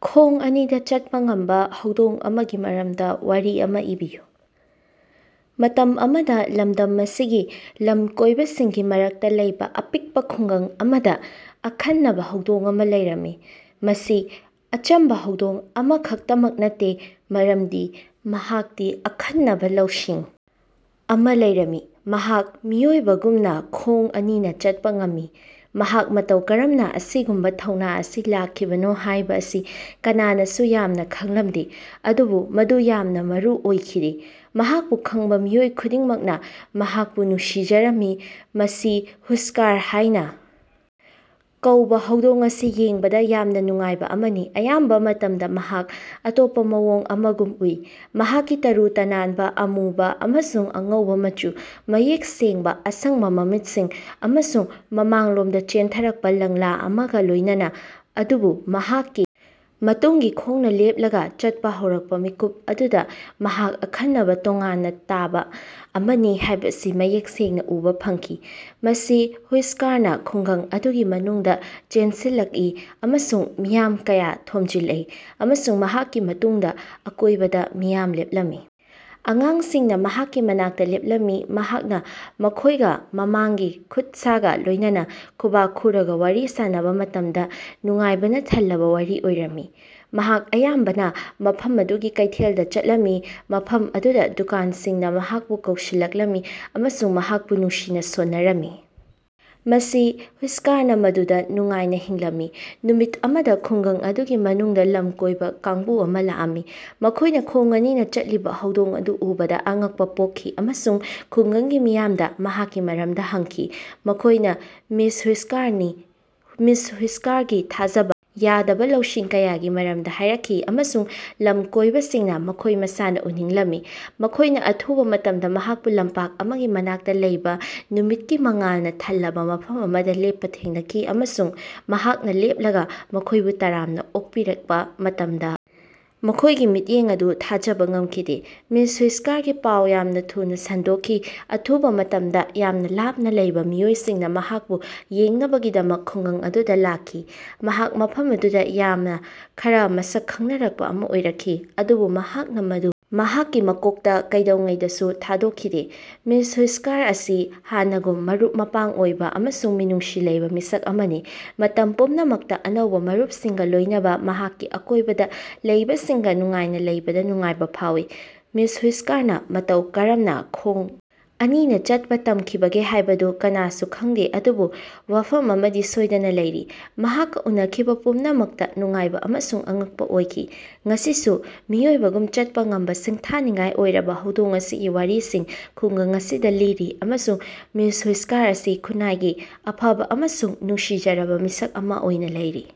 ꯈꯣꯡ ꯑꯅꯤꯗ ꯆꯠꯄ ꯉꯝꯕ ꯍꯧꯗꯣꯡ ꯑꯃꯒꯤ ꯃꯔꯝꯗ ꯋꯥꯔꯤ ꯑꯃ ꯏꯕꯤꯌꯨ꯫ ꯃꯇꯝ ꯑꯃꯗ ꯂꯝꯗꯝ ꯑꯁꯤꯒꯤ ꯂꯝꯀꯣꯏꯕꯁꯤꯡꯒꯤ ꯃꯔꯛꯇꯥ ꯂꯩꯕꯥ ꯑꯄꯤꯛꯄꯥ ꯈꯨꯡꯒꯪ ꯑꯃꯗ ꯑꯈꯟꯅꯕ ꯍꯧꯗꯣꯡ ꯑꯃ ꯂꯩꯔꯝꯃꯤ꯫ ꯃꯁꯤ ꯑꯆꯝꯕ ꯍꯧꯗꯣꯡ ꯑꯃꯈꯛꯇꯃꯛ ꯅꯠꯇꯦ ꯃꯔꯝꯗꯤ ꯃꯍꯥꯛꯇꯤ ꯑꯈꯟꯅꯕꯥ ꯂꯧꯁꯤꯡ ꯑꯃ ꯂꯩꯔꯝꯃꯤ- ꯃꯍꯥꯛ ꯃꯤꯑꯣꯏꯕꯒꯨꯝꯅꯥ ꯈꯣꯡ ꯑꯅꯤꯅ ꯆꯠꯄꯥ ꯉꯝꯃꯤ꯫ ꯃꯍꯥꯛ ꯃꯇꯧ ꯀꯔꯝꯅ ꯑꯁꯤꯒꯨꯝꯕ ꯊꯧꯅ ꯑꯁꯤ ꯂꯥꯛꯈꯤꯕꯅꯣ ꯍꯥꯏꯕ ꯑꯁꯤ ꯀꯅꯥꯅꯁꯨ ꯌꯥꯝꯅ ꯈꯉꯂꯝꯗꯦ ꯑꯗꯨꯕꯨ ꯃꯗꯨ ꯌꯥꯝꯅ ꯃꯔꯨ ꯑꯣꯏꯈꯤꯗꯦ꯫ ꯃꯍꯥꯛꯄꯨ ꯈꯪꯕ ꯃꯤꯑꯣꯏ ꯈꯨꯗꯤꯡꯃꯛꯅ ꯃꯍꯥꯛꯄꯨ ꯅꯨꯡꯁꯤꯖꯔꯝꯃꯤ꯫ ꯃꯁꯤ ꯍꯨꯏꯁꯀꯔ ꯍꯥꯌꯅꯥ ꯀꯧꯕꯥ ꯍꯧꯗꯣꯡ ꯑꯁꯤ ꯌꯦꯡꯕꯗꯥ ꯌꯥꯝꯅ ꯅꯨꯡꯉꯥꯏꯕ ꯑꯃꯅꯤ꯫ ꯑꯌꯥꯝꯕ ꯃꯇꯝꯗ ꯃꯍꯥꯛ ꯑꯇꯣꯞꯄ ꯃꯑꯣꯡ ꯑꯃꯒꯨꯝ ꯎꯏ ꯃꯍꯥꯛꯀꯤ ꯇꯔꯨ ꯇꯅꯥꯟꯕ ꯑꯃꯨꯕ ꯑꯃꯁꯨꯡ ꯑꯉꯧꯕ ꯃꯆꯨ ꯃꯌꯦꯛ ꯁꯦꯡꯕꯥ ꯑꯁꯪꯕ ꯃꯃꯤꯠꯁꯤꯡ ꯑꯃꯁꯨꯡ ꯃꯃꯥꯡꯂꯣꯝꯗ ꯆꯦꯟꯊꯔꯛꯄꯥ ꯂꯪꯂꯥ ꯑꯃꯒ ꯂꯣꯢꯅꯅꯥ꯫ ꯑꯗꯨꯕꯨ ꯃꯍꯥꯛꯀꯤ ꯃꯇꯨꯡꯒꯤ ꯈꯣꯡꯅ ꯂꯦꯞꯂꯒ ꯆꯠꯄ ꯍꯧꯔꯛꯄ ꯃꯤꯀꯨꯞ ꯑꯗꯨꯗ ꯃꯍꯥꯛ ꯑꯈꯟꯅꯕ ꯇꯣꯉꯥꯟꯅ ꯇꯥꯕ ꯑꯃꯅꯤ ꯍꯥꯢꯕꯁꯤ ꯃꯌꯦꯛ ꯁꯦꯡꯅ ꯎꯕ ꯐꯪꯈꯤ꯫ ꯃꯁꯤ ꯍꯨꯏꯁꯀꯔꯅ ꯈꯨꯡꯒꯪ ꯑꯗꯨꯒꯤ ꯃꯅꯨꯡꯗꯥ ꯆꯦꯟꯁꯤꯜꯂꯛꯏ ꯑꯃꯁꯨꯡ ꯃꯤꯌꯥꯝ ꯀꯌꯥ ꯊꯣꯝꯖꯤꯜꯂꯛꯏ ꯑꯃꯁꯨꯡ ꯃꯍꯥꯛꯀꯤ ꯃꯇꯨꯡꯗꯥ ꯑꯀꯣꯏꯕꯗ ꯃꯤꯌꯥꯝ ꯂꯦꯞꯂꯝꯃꯤ꯫ ꯑꯉꯥꯡꯁꯤꯡꯅ ꯃꯍꯥꯛꯀꯤ ꯃꯅꯥꯛꯇ ꯂꯦꯞꯂꯝꯃꯤ ꯃꯍꯥꯛꯅꯥ ꯃꯈꯣꯢꯒ ꯃꯃꯥꯡꯒꯤ ꯈꯨꯠꯁꯥꯒ ꯂꯣꯏꯅꯥꯅ ꯈꯨꯕꯥꯛ ꯈꯨꯔꯒ ꯋꯥꯔꯤ ꯁꯥꯟꯅꯕ ꯃꯇꯝꯗ ꯅꯨꯡꯉꯥꯏꯕꯅ ꯊꯜꯂꯕ ꯋꯥꯔꯤ ꯑꯣꯏꯔꯝꯃꯤ꯫ ꯃꯍꯥꯛ ꯑꯌꯥꯝꯕꯅ ꯃꯐꯝ ꯑꯗꯨꯒꯤ ꯀꯩꯊꯦꯜꯗ ꯆꯠꯂꯝꯃꯤ ꯃꯐꯝ ꯑꯗꯨꯗ ꯗꯨꯀꯥꯟꯁꯤꯡꯅ ꯃꯍꯥꯛꯄꯨ ꯀꯧꯁꯤꯜꯂꯛꯂꯝꯃꯤ ꯑꯃꯁꯨꯡ ꯃꯍꯥꯛꯄꯨ ꯅꯨꯡꯁꯤꯅ ꯁꯣꯟꯅꯔꯝꯃꯤ꯫ ꯃꯁꯤ ꯍꯨꯏꯁꯀꯔꯅ ꯃꯗꯨꯗ ꯅꯨꯡꯉꯥꯏꯅ ꯍꯤꯡꯂꯝꯃꯤ꯫ ꯅꯨꯃꯤꯠ ꯑꯃꯗ ꯈꯨꯡꯒꯪ ꯑꯗꯨꯒꯤ ꯃꯅꯨꯡꯗꯥ ꯂꯝꯀꯣꯢꯕ ꯀꯥꯡꯕꯨ ꯑꯃ ꯂꯥꯛꯑꯝꯃꯤ꯫ ꯃꯈꯣꯢꯅ ꯈꯣꯡ ꯑꯅꯤꯅ ꯆꯠꯂꯤꯕ ꯍꯧꯗꯣꯡ ꯑꯗꯨ ꯎꯕꯗ ꯑꯉꯛꯄ ꯄꯣꯛꯈꯤ ꯑꯃꯁꯨꯡ ꯈꯨꯡꯒꯪꯒꯤ ꯃꯤꯌꯥꯝꯗ ꯃꯍꯥꯛꯀꯤ ꯃꯔꯝꯗ ꯍꯪꯈꯤ꯫ ꯃꯈꯣꯢꯅ ꯃꯤꯁ ꯍꯨꯏꯁ꯭ꯀꯔꯅꯤ ꯃꯤꯁ ꯍꯨꯏꯁ꯭ꯀꯔꯒꯤ ꯊꯥꯖꯕ ꯌꯥꯗꯕ ꯂꯧꯁꯤꯡ ꯀꯌꯥꯒꯤ ꯃꯔꯝꯗ ꯍꯥꯢꯔꯛꯈꯤ ꯑꯃꯁꯨꯡ ꯂꯝꯀꯣꯢꯕꯁꯤꯡꯅ ꯃꯈꯣꯏ ꯃꯁꯥꯅ ꯎꯅꯤꯡꯂꯝꯃꯤ ꯫ ꯃꯈꯣꯢꯅꯥ ꯑꯊꯨꯕ ꯃꯇꯝꯗ ꯃꯍꯥꯛꯄꯨ ꯂꯝꯄꯥꯛ ꯑꯃꯒꯤ ꯃꯅꯥꯛꯇ ꯂꯩꯕꯥ ꯅꯨꯃꯤꯠꯀꯤ ꯃꯉꯥꯜꯅ ꯊꯜꯂꯕ ꯃꯐꯝ ꯑꯃꯗ ꯂꯦꯞꯄ ꯊꯦꯡꯅꯈꯤ ꯑꯃꯁꯨꯡ ꯃꯍꯥꯛꯅ ꯂꯦꯞꯂꯒ ꯃꯈꯣꯏꯕꯨ ꯇꯔꯥꯝꯅ ꯑꯣꯛꯄꯤꯔꯛꯄ ꯃꯇꯝꯗ ꯃꯈꯣꯢꯒꯤ ꯃꯤꯠꯌꯦꯡ ꯑꯗꯨ ꯊꯥꯖꯕ ꯉꯃꯈꯤꯗꯦ꯫ ꯃꯤꯁ ꯍꯨꯏꯁꯀꯔꯒꯤ ꯄꯥꯎ ꯌꯥꯝꯅ ꯊꯨꯅꯥ ꯁꯟꯗꯣꯛꯈꯤ ꯑꯊꯨꯕꯥ ꯃꯇꯝꯗ ꯌꯥꯝꯅ ꯂꯥꯞꯅ ꯂꯩꯕ ꯃꯤꯑꯣꯏꯁꯤꯡꯅꯥ ꯃꯍꯥꯛꯄꯨ ꯌꯦꯡꯅꯕꯒꯤꯗꯃꯛ ꯈꯨꯡꯒꯪ ꯑꯗꯨꯗ ꯂꯥꯛꯈꯤ꯫ ꯃꯍꯥꯛ ꯃꯐꯝ ꯑꯗꯨꯗ ꯌꯥꯝꯅ ꯈꯔ ꯃꯁꯛ ꯈꯪꯅꯔꯛꯄ ꯑꯃ ꯑꯣꯏꯔꯛꯈꯤ꯫ ꯑꯗꯨꯕꯨ ꯃꯍꯥꯛꯅ ꯃꯗꯨ ꯃꯍꯥꯛꯀꯤ ꯃꯀꯣꯛꯇ ꯀꯩꯗꯧꯉꯩꯗꯁꯨ ꯊꯥꯗꯣꯛꯈꯤꯗꯦ꯫ ꯃꯤꯁ ꯍꯨꯏꯁꯀꯔ ꯑꯁꯤ ꯍꯥꯟꯅꯒꯨꯝ ꯃꯔꯨꯞ-ꯃꯄꯥꯡ ꯑꯣꯏꯕ ꯑꯃꯁꯨꯡ ꯃꯤꯅꯨꯡꯁꯤ ꯂꯩꯕꯥ ꯃꯤꯁꯛ ꯑꯃꯅꯤ ꯫ ꯃꯇꯝ ꯄꯨꯝꯅꯃꯛꯇꯥ ꯑꯅꯧꯕꯥ ꯃꯔꯨꯄꯁꯤꯡꯒꯥ ꯂꯣꯢꯅꯥꯕ ꯃꯍꯥꯛꯀꯤ ꯑꯀꯣꯢꯕꯗ ꯂꯩꯕꯁꯤꯡꯒ ꯅꯨꯡꯉꯥꯏꯅ ꯂꯩꯕꯗ ꯅꯨꯡꯉꯥꯏꯕ ꯐꯥꯎꯏ꯫ ꯃꯤꯁ ꯍꯨꯏꯁꯀꯔꯅ ꯃꯇꯧ ꯀꯔꯝꯅ ꯈꯣꯡ ꯑꯅꯤꯅ ꯆꯠꯄ ꯇꯝꯈꯤꯕꯒꯦ ꯍꯥꯢꯕꯗꯨ ꯀꯅꯥꯁꯨ ꯈꯪꯗꯦ ꯑꯗꯨꯕꯨ ꯋꯥꯐꯝ ꯑꯃꯗꯤ ꯁꯣꯢꯗꯅ ꯂꯩꯔꯤ ꯃꯍꯥꯛꯀꯥ ꯎꯅꯈꯤꯕ ꯄꯨꯝꯅꯃꯛꯇ ꯅꯨꯡꯉꯥꯏꯕ ꯑꯃꯁꯨꯡ ꯑꯉꯛꯄ ꯑꯣꯏꯈꯤ꯫ ꯉꯁꯤꯁꯨ ꯃꯤꯑꯣꯏꯕꯒꯨꯝ ꯆꯠꯄꯥ ꯉꯝꯕ ꯁꯤꯡꯊꯥꯅꯤꯡꯉꯥꯏ ꯑꯣꯏꯔꯕꯥ ꯍꯧꯗꯣꯡ ꯑꯁꯤꯒꯤ ꯋꯥꯔꯤꯁꯤꯡ ꯈꯨꯡꯒꯪ ꯑꯁꯤꯗ ꯂꯤꯔꯤ ꯑꯃꯁꯨꯡ ꯃꯤꯁ ꯍꯨꯏꯁꯀꯔ ꯑꯁꯤ ꯈꯨꯟꯅꯥꯏꯒꯤ ꯑꯐꯕ ꯑꯃꯁꯨꯡ ꯅꯨꯡꯁꯤꯖꯔꯕ ꯃꯤꯁꯛ ꯑꯃ ꯑꯣꯏꯅ ꯂꯩꯔꯤ꯫